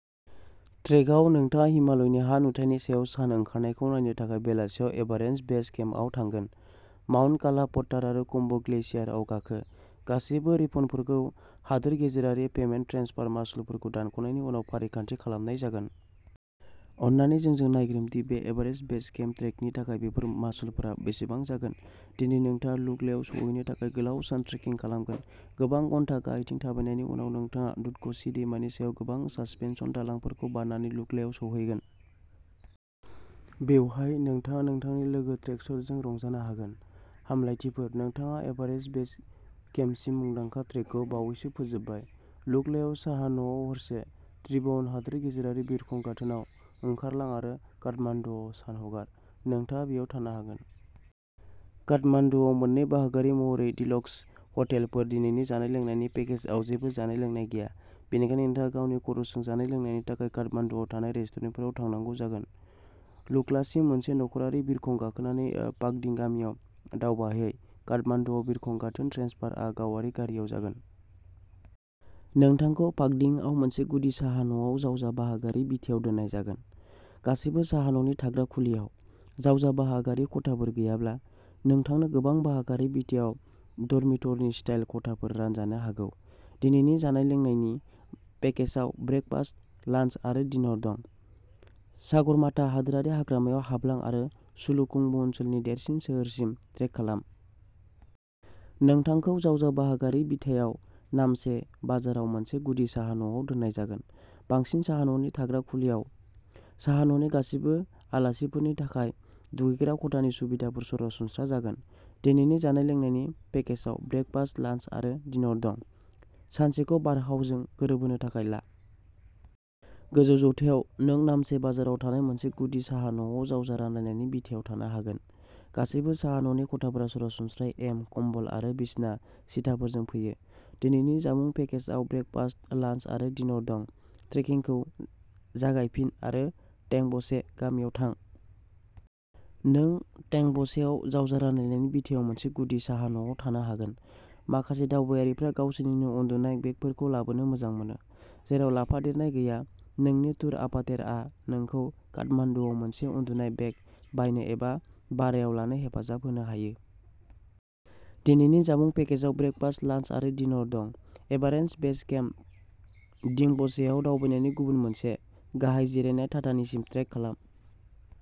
ट्रेकआव, नोंथाङा हिमालयनि हा-नुथायनि सायाव सान ओंखारनायखौ नायनो थाखाय बेलासियाव एभारेस्ट बेस केम्पआव थांगोन। माउन्ट काला पथ्थार आरो खुम्बु ग्लेशियारआव गाखो। गासैबो रिफन्डफोरखौ हादोर गेजेरारि पेमेन्ट ट्रेन्सफार मासुलफोरखौ दानख'नायनि उनाव फारिखान्थि खालामनाय जागोन। अन्नानै जोंजों नायग्रोम दि बे एभारेस्ट बेस केम्प ट्रेकनि थाखाय बेफोर मासुलफोरा बेसेबां जागोन। दिनै नोंथाङा लुकलायाव सौहैनो थाखाय गोलाव सान ट्रेकिं खालामगोन। गोबां घन्टा गाहायथिं थाबायनायनि उनाव, नोंथाङा दुधक'शि दैमानि सायाव गोबां सासपेनसन दालांफोरखौ बारनानै लुकलायाव सौहैगोन। बेवहाय, नोंथाङा नोंथांनि लोगो ट्रेकर्सजों रंजानो हागोन। हामलायथिफोर! नोंथाङा एभारेस्ट बेस केम्पसिम मुंदांखा ट्रेकखौ बावैसो फोजोबबाय। लुकलायाव साहा-न'आव हरसे। त्रिभुवन हादोर गेजेरारि बिरखं गाथोनाव ओंखारलां आरो काठमाण्डूआव सान हगार। नोंथाङा बेयाव थानो हागोन। काठमाण्डुआव मोननै-बाहागोआरि महरै डीलक्स हटेलफोर। दिनैनि जानाय-लोंनायनि पेकेजआव जेबो जानाय-लोंनाय गैया, बेनिखायनो नोंथाङा गावनि खरसजों जानाय-लोंनायनि थाखाय काठमाण्डुआव थानाय रेस्टुरेन्टफोराव थांनांगौ जागोन। लुक्लासिम मोनसे नखरारि बिरखं गाखोनानैओ फाखदिं गामियाव दावबायहै। काठमाण्डुआव बिरखं गाथोन ट्रेन्सफारआ गावारि गारिआव जागोन। नोंथांखौ फाक्दिंआव मोनसे गुदि साहा-न'आव जावजा-बाहागोआरि बिथायाव दोननाय जागोन। गासैबो साहा-न'नि थाग्रा खुलियाव, जावजा-बाहागोआरि खथाफोर गैयाब्ला, नोंथांनो गोबां-बाहागोआरि बिथायाव डर्मिटरि-स्टाइल खथाफोर रानजानो हागौ। दिनैनि जानाय-लोंनायनि पेकेजाव ब्रेकफास्ट, लान्स आरो डिनर दं। सागरमाथा हादोरारि हाग्रामायाव हाबलां आरो सलुखुंबु ओनसोलनि देरसिन सोहोरसिम ट्रेक खालाम। नोंथांखौ जावजा-बाहागोआरि बिथायाव नामचे बाजाराव मोनसे गुदि साहा-न'आव दोननाय जागोन। बांसिन साहा-न'नि थाग्रा खुलियाव, साहा-न'नि गासिबो आलासिफोरनि थाखाय दुगैग्रा खथानि सुबिदाफोरा सरासनस्रा जागोन। दिनैनि जानाय-लोंनायनि पेकेजाव ब्रेकफास्ट, लान्स आरो डिनर दं। सानसेखौ बारहावजों गोरोबहोनो थाखाय ला। गोजौ जौथायाव। नों नामचे बाजाराव थानाय मोनसे गुदि साहा-न'आव जावजा-रानलायनायनि बिथायाव थानो हागोन। गासैबो साहा-न'नि खथाफोरा सरासनस्रायै एम, कम्बल आरो बिसना-सिथाफोरजों फैयो। दिनैनि जामुं पेकेजआव ब्रेकफास्ट, लान्स आरो डिनर दं। ट्रेकिंखौ जागायफिन आरो टेंब'चे गामियाव थां। नों टेंब'चेआव जावजा-रानलायनायनि बिथायाव मोनसे गुदि साहा-न'आव थानो हागोन। माखासे दावबायारिफ्रा गावसोरनिनो उनदुनाय बेगफोरखौ लाबोनो मोजां मोनो। जेराव लाफादेरनाय गैया, नोंनि टुर अपारेटरआ नोंखौ काठमान्डूआव मोनसे उनदुनाय बेग बायनो एबा भारायाव लानो हेफाजाब होनो हायो। दिनैनि जामुं पेकेजाव ब्रेकफास्ट, लान्स आरो डिनर दं। एभारेस्ट बेस केम्प, डिंब'चेआव दावबायनायनि गुबुन मोनसे, गाहाय जिरायनाय थाथानिसिम ट्रेक खालाम।